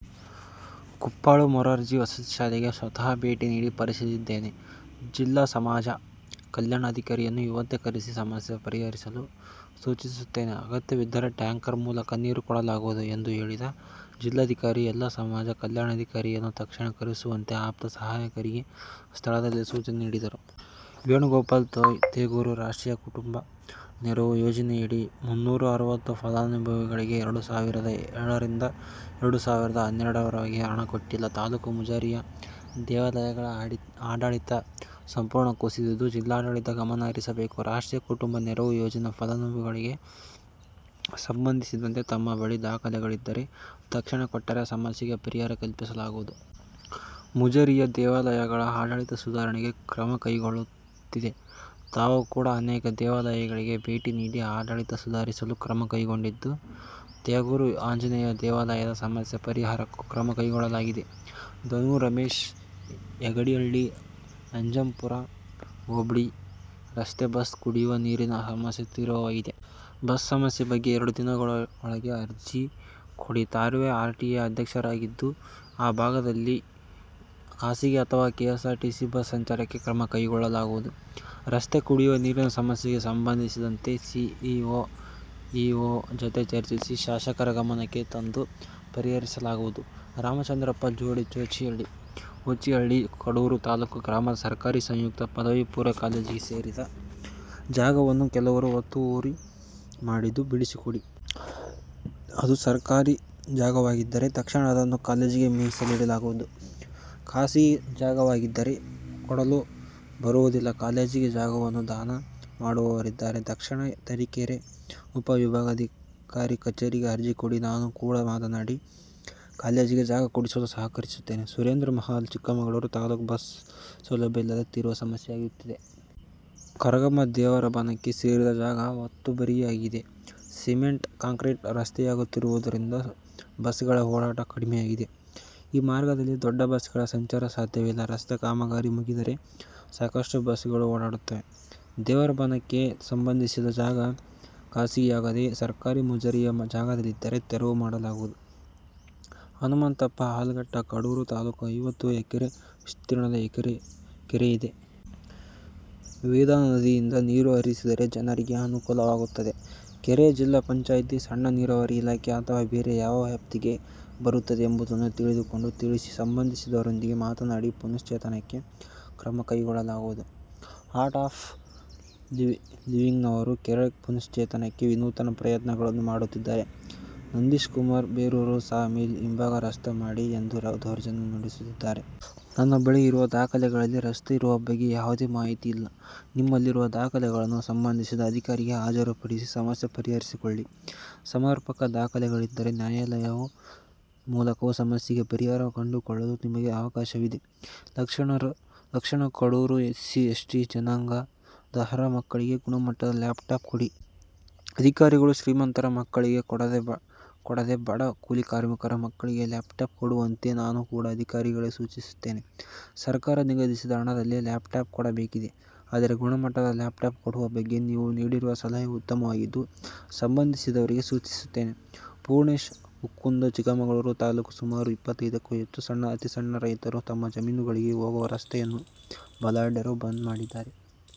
ಕುಪ್ಪಾಳು ಮೊರಾರ್ಜಿ ವಸತಿ ಶಾಲೆಗೆ ಸ್ವತಃ ಭೇಟಿ ನೀಡಿ ಪರಿಶೀಲಿಸಿದ್ದೇನೆ. ಜಿಲ್ಲಾ ಸಮಾಜ ಕಲ್ಯಾಣಾಧಿಕಾರಿಯನ್ನು ಇವತ್ತೇ ಕರೆಸಿ ಸಮಸ್ಯೆ ಪರಿಹರಿಸಲು ಸೂಚಿಸುತ್ತೇನೆ. ಅಗತ್ಯವಿದ್ದರೆ ಟ್ಯಾಂಕರ್ ಮೂಲಕ ನೀರು ಕೊಡಲಾಗುವುದು ಎಂದು ಹೇಳಿದ ಜಿಲ್ಲಾಧಿಕಾರಿ, ಜಿಲ್ಲಾ ಸಮಾಜ ಕಲ್ಯಾಣಾಧಿಕಾರಿಯನ್ನು ತಕ್ಷಣ ಕರೆಸುವಂತೆ ಆಪ್ತ ಸಹಾಯಕರಿಗೆ ಸ್ಥಳದಲ್ಲೇ ಸೂಚನೆ ನೀಡಿದರು. ವೇಣುಗೋಪಾಲ್, ತೇಗೂರು ರಾಷ್ಟ್ರೀಯ ಕುಟುಂಬ ನೆರವು ಯೋಜನೆಯಡಿ ಮುನ್ನೂರ ಅರವತ್ತು ಫಲಾನುಭವಿಗಳಿಗೆ ಎರಡು ಸಾವಿರದ ಏಳರಿಂದ ಎರಡು ಸಾವಿರದ ಹನ್ನೆರಡರವರೆಗೆ ಹಣ ಕೊಟ್ಟಿಲ್ಲ. ತಾಲೂಕು ಮುಜರಾಯಿ ದೇವಾಲಯಗಳ ಆಡಳಿತ ಸಂಪೂರ್ಣ ಕುಸಿದಿದ್ದು, ಜಿಲ್ಲಾಡಳಿತ ಗಮನಹರಿಸಬೇಕು. ರಾಷ್ಟ್ರೀಯ ಕುಟುಂಬ ನೆರವು ಯೋಜನೆ ಫಲಾನುಭವಿಗಳಿಗೆ ಸಂಬಂಧಿಸಿದಂತೆ ತಮ್ಮ ಬಳಿ ದಾಖಲೆಗಳಿದ್ದರೆ ತಕ್ಷಣ ಕೊಟ್ಟರೆ ಸಮಸ್ಯೆಗೆ ಪರಿಹಾರ ಕಲ್ಪಿಸಲಾಗುವುದು. ಮುಜರಾಯಿ ದೇವಾಲಯಗಳ ಆಡಳಿತ ಸುಧಾರಣೆಗೆ ಕ್ರಮ ಕೈಗೊಳ್ಳಲಾಗುತ್ತಿದೆ. ತಾವು ಕೂಡ ಅನೇಕ ದೇವಾಲಯಗಳಿಗೆ ಭೇಟಿ ನೀಡಿ ಆಡಳಿತ ಸುಧಾರಿಸಲು ಕ್ರಮ ಕೈಗೊಂಡಿದ್ದು, ತೇಗೂರು ಆಂಜನೇಯ ದೇವಾಲಯದ ಸಮಸ್ಯೆ ಪರಿಹಾರಕ್ಕೂ ಕ್ರಮ ಕೈಗೊಳ್ಳಲಾಗಿದೆ. ಧನು, ರಮೇಶ್, ಯಗಡಿಹಳ್ಳಿ, ಅಜ್ಜಂಪುರ ಹೋಬಳಿ ರಸ್ತೆ, ಬಸ್, ಕುಡಿವ ನೀರಿನ ಸಮಸ್ಯೆ ತೀವ್ರವಾಗಿದೆ. ಬಸ್ ಸಮಸ್ಯೆ ಬಗ್ಗೆ ಎರಡು ದಿನದೊಳಗೆ ಅರ್ಜಿ ಕೊಡಿ. ತಾವೇ ಆರ್ಟಿಎ ಅಧ್ಯಕ್ಷರಾಗಿದ್ದು, ಆ ಭಾಗದಲ್ಲಿ ಖಾಸಗಿ ಅಥವಾ ಕೆಎಸ್ಸಾರ್ಟಿಸಿ ಬಸ್ ಸಂಚಾರಕ್ಕೆ ಕ್ರಮ ಕೈಗೊಳ್ಳಲಾಗುವುದು. ರಸ್ತೆ, ಕುಡಿವ ನೀರಿನ ಸಮಸ್ಯೆಗೆ ಸಂಬಂಧಿಸಿದಂತೆ ಸಿಇಒ, ಇಒ ಜತೆ ಚರ್ಚಿಸಿ, ಶಾಸಕರ ಗಮನಕ್ಕೆ ತಂದು ಪರಿಹರಿಸಲಾಗುವುದು. ರಾಮಚಂದ್ರಪ್ಪ, ಜೋಡಿಹೋಚಿಹಳ್ಳಿ, ಕಡೂರು ತಾಲ್ಲೂಕು ಗ್ರಾಮದ ಸರಕಾರಿ ಸಂಯುಕ್ತ ಪದವಿಪೂರ್ವ ಕಾಲೇಜಿಗೆ ಸೇರಿದ ಜಾಗವನ್ನು ಕೆಲವರು ಒತ್ತುವರಿ ಮಾಡಿದ್ದು, ಬಿಡಿಸಿಕೊಡಿ. ಅದು ಸರಕಾರಿ ಜಾಗವಾಗಿದ್ದರೆ ತಕ್ಷಣ ಅದನ್ನು ಕಾಲೇಜಿಗೆ ಮೀಸಲಿಡಲಾಗುವುದು. ಖಾಸಗಿ ಜಾಗವಾಗಿದ್ದರೆ ಕೊಡಲು ಬರುವುದಿಲ್ಲ. ಕಾಲೇಜಿಗೆ ಜಾಗವನ್ನು ದಾನ ಕೊಡುವವರಿದ್ದರೆ ತಕ್ಷಣ ತರೀಕೆರೆ ಉಪ ವಿಭಾಗಾಧಿಕಾರಿ ಕಚೇರಿಗೆ ಅರ್ಜಿ ಕೊಡಿ. ನಾನು ಕೂಡ ಮಾತನಾಡಿ ಕಾಲೇಜಿಗೆ ಜಾಗ ಕೊಡಿಸಲು ಸಹಕರಿಸುತ್ತೇನೆ. ಸುರೇಂದ್ರ, ಮಹಲ್, ಚಿಕ್ಕಮಗಳೂರು ತಾಲ್ಲೂಕು ಬಸ್ ಸೌಲಭ್ಯ ಇಲ್ಲದೆ ತೀವ್ರ ಸಮಸ್ಯೆಯಾಗುತ್ತಿದೆ. ಕರಗಮ್ಮ ದೇವರಬನಕ್ಕೆ ಸೇರಿದ ಜಾಗ ಒತ್ತುವರಿಯಾಗಿದೆ. ಸಿಮೆಂಟ್ ಕಾಂಕ್ರಿಟ್ ರಸ್ತೆಯಾಗುತ್ತಿರುವುದರಿಂದ ಬಸ್ಗಳ ಓಡಾಟ ಕಡಿಮೆಯಾಗಿದೆ. ಈ ಮಾರ್ಗದಲ್ಲಿ ದೊಡ್ಡ ಬಸ್ಗಳ ಸಂಚಾರ ಸಾಧ್ಯವಿಲ್ಲ. ರಸ್ತೆ ಕಾಮಗಾರಿ ಮುಗಿದರೆ ಸಾಕಷ್ಟು ಬಸ್ಗಳು ಓಡಾಡುತ್ತವೆ. ದೇವರಬನಕ್ಕೆ ಸಂಬಂಧಿಸಿದ ಜಾಗ ಖಾಸಗಿಯಾಗದೆ ಸರಕಾರಿ, ಮುಜರಾಯಿ ಜಾಗದಲ್ಲಿದ್ದರೆ ತೆರವು ಮಾಡಲಾಗುವುದು. ಹನುಮಂತಪ್ಪ, ಆಲಗಟ್ಟ, ಕಡೂರು ತಾಲ್ಲೂಕು ಐವತ್ತು ಎಕರೆ ವಿಸ್ತೀರ್ಣದ ಕೆರೆ ಇದೆ. ವೇದಾನದಿಯಿಂದ ನೀರು ಹರಿಸಿದರೆ ಜನರಿಗೆ ಅನುಕೂಲವಾಗುತ್ತದೆ. ಕೆರೆ ಜಿಲ್ಲಾ ಪಂಚಾಯಿತಿ, ಸಣ್ಣ ನೀರಾವರಿ ಇಲಾಖೆ ಅಥವಾ ಬೇರೆ ಯಾವ ವ್ಯಾಪ್ತಿಗೆ ಬರುತ್ತದೆ ಎಂಬುದನ್ನು ತಿಳಿದುಕೊಂಡು ತಿಳಿಸಿ. ಸಂಬಂಧಿಸಿದವರೊಂದಿಗೆ ಮಾತನಾಡಿ ಪುನಶ್ಚೇತನಕ್ಕೆ ಕ್ರಮ ಕೈಗೊಳ್ಳಲಾಗುವುದು. ಆರ್ಟ್ ಆಫ್ ಲಿವಿಂಗ್ನವರು ಕೆರೆ ಪುನಶ್ಚೇತನಕ್ಕೆ ವಿನೂತನ ಪ್ರಯತ್ನಗಳನ್ನು ಮಾಡುತ್ತಿದ್ದಾರೆ. ನಂದೀಶ್ಕುಮಾರ್, ಬೀರೂರು ಸಾ ಮಿಲ್ ಹಿಂಭಾಗ ರಸ್ತೆ ಇದೆ ಎಂದು ದೌರ್ಜನ್ಯ ನಡೆಸುತ್ತಿದ್ದಾರೆ. ನನ್ನ ಬಳಿ ಇರುವ ದಾಖಲೆಗಳಲ್ಲಿ ರಸ್ತೆ ಇರುವ ಬಗ್ಗೆ ಯಾವುದೇ ಮಾಹಿತಿ ಇಲ್ಲ. ನಿಮ್ಮಲ್ಲಿರುವ ದಾಖಲೆಗಳನ್ನು ಸಂಬಂಧಿಸಿದ ಅಧಿಕಾರಿಗೆ ಹಾಜರು ಪಡಿಸಿ ಸಮಸ್ಯೆ ಪರಿಹರಿಸಿಕೊಳ್ಳಿ. ಸಮರ್ಪಕ ದಾಖಲೆಗಳಿದ್ದರೆ ನ್ಯಾಯಾಲಯದ ಮೂಲಕವೂ ಸಮಸ್ಯೆಗೆ ಪರಿಹಾರ ಕಂಡುಕೊಳ್ಳಲು ನಿಮಗೆ ಅವಕಾಶವಿದೆ. ಲಕ್ಷ್ಮಣ, ಕಡೂರು ಎಸ್ಸಿ, ಎಸ್ಟಿ ಜನಾಂಗದ ಅರ್ಹ ಮಕ್ಕಳಿಗೆ ಗುಣಮಟ್ಟದ ಲ್ಯಾಪ್ಟಾಪ್ ಕೊಡಿ. ಅಧಿಕಾರಿಗಳು, ಶ್ರೀಮಂತರ ಮಕ್ಕಳಿಗೆ ಕೊಡದೆ ಬಡ, ಕೂಲಿ ಕಾರ್ಮಿಕರ ಮಕ್ಕಳಿಗೆ ಲ್ಯಾಪ್ಟಾಪ್ ಕೊಡುವಂತೆ ನಾನು ಕೂಡ ಅಧಿಕಾರಿಗಳಿಗೆ ಸೂಚಿಸುತ್ತೇನೆ. ಸರಕಾರ ನಿಗದಿಸಿದ ಹಣದಲ್ಲೇ ಲ್ಯಾಪ್ಟಾಪ್ ಕೊಡಬೇಕಿದೆ. ಆದರೆ, ಗುಣಮಟ್ಟದ ಲ್ಯಾಪ್ಟಾಪ್ ಕೊಡುವ ಬಗ್ಗೆ ನೀವು ನೀಡಿರುವ ಸಲಹೆ ಉತ್ತಮವಾಗಿದ್ದು, ಸಂಬಂಧಿಸಿದವರಿಗೆ ಸೂಚಿಸುತ್ತೇನೆ. ಪೂರ್ಣೇಶ್, ಹುಕ್ಕುಂದ, ಚಿಕ್ಕಮಗಳೂರು ತಾಲ್ಲೂಕು ಸುಮಾರು ಇಪ್ಪತ್ತೈದಕ್ಕೂ ಹೆಚ್ಚು ಸಣ್ಣ, ಅತಿಸಣ್ಣ ರೈತರು ತಮ್ಮ ಜಮೀನುಗಳಿಗೆ ಹೋಗುವ ರಸ್ತೆಯನ್ನು ಬಲಾಢ್ಯರು ಬಂದ್ ಮಾಡಿದ್ದಾರೆ.